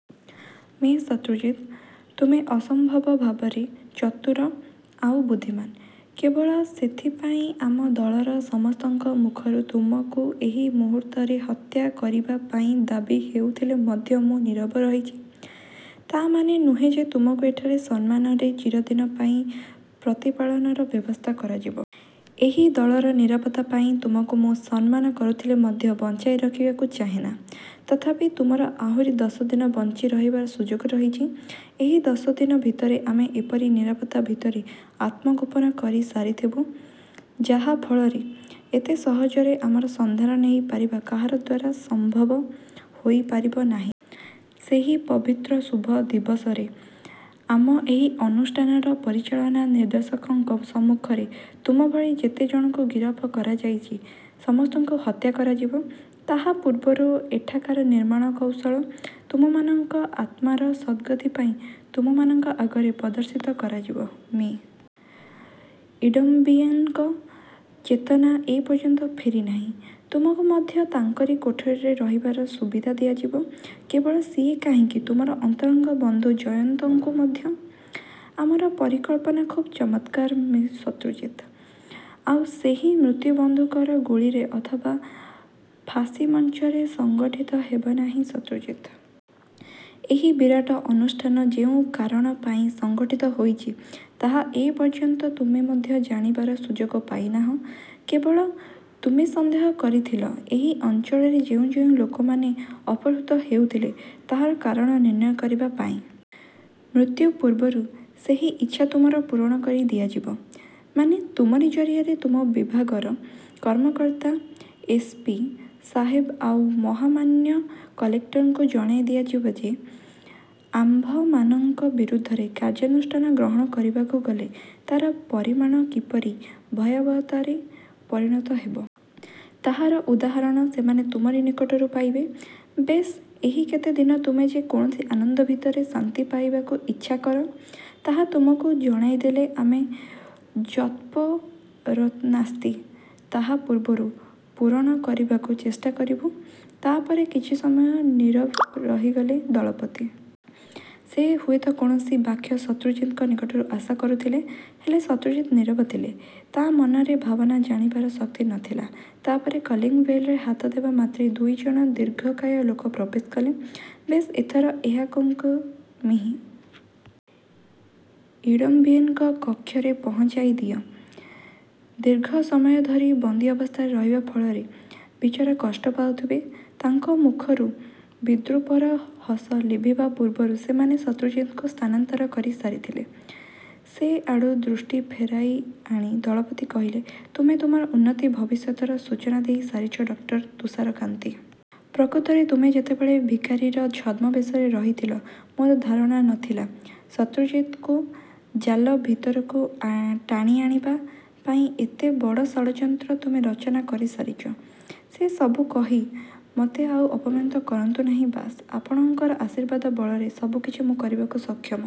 ମି. ଶତ୍ରୁଜିତ! ତୁମେ ଅସମ୍ଭବ ଭାବରେ ଚତୁର ଆଉ ବୁଦ୍ଧିମାନ। କେବଳ ସେଇଥିପାଇଁ ଆମ ଦଳର ସମସ୍ତଙ୍କ ମୁଖରୁ ତୁମକୁ ଏହି ମୁହୂର୍ତ୍ତରେ ହତ୍ୟା କରିବା ପାଇଁ ଦାବି ହେଉଥିଲେ ମଧ୍ୟ ମୁଁ ନୀରବ ରହିଛି। ତା ମାନେ ନୁହେଁ ଯେ ତୁମକୁ ଏଠାରେ ସସମ୍ମାନରେ ଚିରଦିନ ପାଇଁ ପ୍ରତିପାଳନର ବ୍ୟବସ୍ଥା କରାଯିବ। ଏହି ଦଳର ନିରାପତ୍ତା ପାଇଁ ତୁମକୁ ମୁଁ ସମ୍ମାନ କରୁଥିଲେ ମଧ୍ୟ ବଞ୍ଚାଇ ରଖିବାକୁ ଚାହେଁ ନା। ତଥାପି ତୁମର ଆହୁରି ଦଶ ଦିନ ବଞ୍ଚି ରହିବାର ସୁଯୋଗ ରହିଛି। ଏହି ଦଶ ଦିନ ଭିତରେ ଆମେ ଏପରି ନିରାପତ୍ତା ଭିତରେ ଆତ୍ମଗୋପନ କରି ସାରିଥିବୁ, ଯାହା ଫଳରେ ଏତେ ସହଜରେ ଆମର ସନ୍ଧାନ ନେଇ ପାରିବା କାହାର ଦ୍ୱାରା ସମ୍ଭବ ହୋଇ ପାରିବ ନାହିଁ। ସେହି ପବିତ୍ର ଶୁଭ ଦିବସରେ ଆମ ଏହି ଅନୁଷ୍ଠାନର ପରିଚାଳନା ନିର୍ଦ୍ଦେଶକଙ୍କ ସମ୍ମୁଖରେ ତୁମ ଭଳି ଯେତେ ଜଣଙ୍କୁ ଗିରଫ କରାଯାଇଛି, ସମସ୍ତଙ୍କୁ ହତ୍ୟା କରାଯିବ। ତାହା ପୂର୍ବରୁ ଏଠାକାର ନିର୍ମାଣ କୌଶଳ ତୁମମାନଙ୍କ ଆତ୍ମାର ସଦ୍‌ଗତି ପାଇଁ ତୁମମାନଙ୍କ ଆଗରେ ପ୍ରଦର୍ଶିତ କରାଯିବ। ମି. ଇଡମ୍ବିଏନ୍‌ଙ୍କ ଚେତନା ଏ ପର୍ଯ୍ୟନ୍ତ ଫେରି ନାହିଁ। ତୁମକୁ ମଧ୍ୟ ତାଙ୍କରି କୋଠରିରେ ରହିବାର ସୁବିଧା ଦିଆଯିବ। କେବଳ ସିଏ କାହିଁକି, ତୁମର ଅନ୍ତରଙ୍ଗ ବନ୍ଧୁ ଜୟନ୍ତଙ୍କୁ ମଧ୍ୟ। ଆମର ପରିକଳ୍ପନା ଖୁବ୍ ଚମତ୍କାର ମି. ଶତ୍ରୁଜିତ। ଆଉ ସେହି ମୃତ୍ୟୁ ବନ୍ଧୁକର ଗୁଳିରେ ଅଥବା ଫାଶୀମଞ୍ଚରେ ସଂଘଟିତ ହେବ ନାହିଁ ଶତ୍ରୁଜିତ। ଏହି ବିରାଟ ଅନୁଷ୍ଠାନ ଯେଉଁ କାରଣ ପାଇଁ ସଂଗଠିତ ହୋଇଛି, ତାହା ଏ ପର୍ଯ୍ୟନ୍ତ ତୁମେ ମଧ୍ୟ ଜାଣିବାର ସୁଯୋଗ ପାଇ ନାହିଁ। କେବଳ ତୁମେ ସନ୍ଦେହ କରିଥିଲ, ଏହି ଅଞ୍ଚଳରେ ଯେଉଁ ଯେଉଁ ଲୋକମାନେ ଅପହୃତ ହେଉଥିଲେ, ତାହାର କାରଣ ନିର୍ଣ୍ଣୟ କରିବା ପାଇଁ। ମୃତ୍ୟୁ ପୂର୍ବରୁ ସେହି ଇଚ୍ଛା ତୁମର ପୂରଣ କରି ଦିଆଯିବ। ମାନେ, ତୁମରି ଜରିଆରେ ତୁମ ବିଭାଗର କର୍ମକର୍ତ୍ତା ଏସ୍. ପି. ସାହେବ ଆଉ ମହାମାନ୍ୟ କଲେକ୍ଟରଙ୍କୁ ଜଣାଇ ଦିଆଯିବ ଯେ, ଆମ୍ଭମାନଙ୍କ ବିରୁଦ୍ଧରେ କାର୍ଯ୍ୟାନୁଷ୍ଠାନ ଗ୍ରହଣ କରିବାକୁ ଗଲେ ତାର ପରିଣାମ କିପରି ଭୟାବହତାରେ ପରିଣତ ହେବ। ତାହାର ଉଦାହରଣ ସେମାନେ ତୁମରି ନିକଟରୁ ପାଇବେ। ବେଶ୍, ଏହି କେତେ ଦିନ ତୁମେ ଯେ କୌଣସି ଆନନ୍ଦ ଭିତରେ ଶାନ୍ତି ପାଇବାକୁ ଇଚ୍ଛାକର, ତାହା ଆମକୁ ଜଣାଇଦେଲେ ଆମେ ଯତ୍ପରୋନାସ୍ତି ତାହା ପୂର୍ବରୁ ପୂରଣ କରିବାକୁ ଚେଷ୍ଟା କରିବୁ। ତା ପରେ କିଛି ସମୟ ନୀରବ ରହିଗଲେ ଦଳପତି। ସେ ହୁଏ ତ କୌଣସି ବାକ୍ୟ ଶତ୍ରୁଜିତଙ୍କ ନିକଟରୁ ଆଶା କରୁଥିଲେ। ହେଲେ, ଶତ୍ରୁଜିତ ନୀରବ ଥିଲେ। ତାଙ୍କ ମନର ଭାବନା ଜାଣିବାର ଶକ୍ତି ନ ଥିଲା। ତା ପରେ କଲିଂବେଲରେ ହାତ ଦେବା ମାତ୍ରେ ଦୁଇ ଜଣ ଦୀର୍ଘକାୟ ଲୋକ ପ୍ରବେଶ କଲେ। ବେଶ୍, ଏଥର ଏହାଙ୍କୁ ମି. ଇଡମ୍ବିଏନ୍‌ଙ୍କ କକ୍ଷରେ ପହଞ୍ଚାଇ ଦିଅ। ଦୀର୍ଘ ସମୟ ଧରି ବନ୍ଦୀ ଅବସ୍ଥାରେ ରହିବା ଫଳରେ ବିଚରା କଷ୍ଟ ପାଉଥିବେ। ତାଙ୍କ ମୁଖରୁ ବିଦ୍ରୂପର ହସ ଲିଭିବା ପୂର୍ବରୁ ସେମାନେ ଶତ୍ରୁଜିତଙ୍କୁ ସ୍ଥାନାନ୍ତର କରି ସାରିଥିଲେ। ସେ ଆଡ଼ୁ ଦୃଷ୍ଟି ଫେରାଇ ଆଣି ଦଳପତି କହିଲେ, ତୁମେ। ତୁମର ଉନ୍ନତ ଭବିଷ୍ୟତର ସୂଚନା ଦେଇ ସାରିଛ, ଡକ୍ଟର ତୁଷାରକାନ୍ତି। ପ୍ରକୃତରେ ତୁମେ ଯେତେବେଳେ ଭିକାରୀର ଛଦ୍ମବେଶରେ ରହିଥିଲ, ମୋର ଧାରଣା ନ ଥିଲା ଶତ୍ରୁଜିତକୁ ଜାଲ ଭିତରକୁ ଟାଣି ଆଣିବା ପାଇଁ ଏତେ ବଡ଼ ଷଡ଼ଯନ୍ତ୍ର ତୁମେ ରଚନା କରି ସାରିଛ। ସେ ସବୁ କହି ମୋତେ ଆଉ ଅପମାନିତ କରାନ୍ତୁ ନାହିଁ, ବସ୍। ଆପଣଙ୍କର ଆଶୀର୍ବାଦ ବଳରେ ସବୁ କିଛି ମୁଁ କରିବାକୁ ସକ୍ଷମ।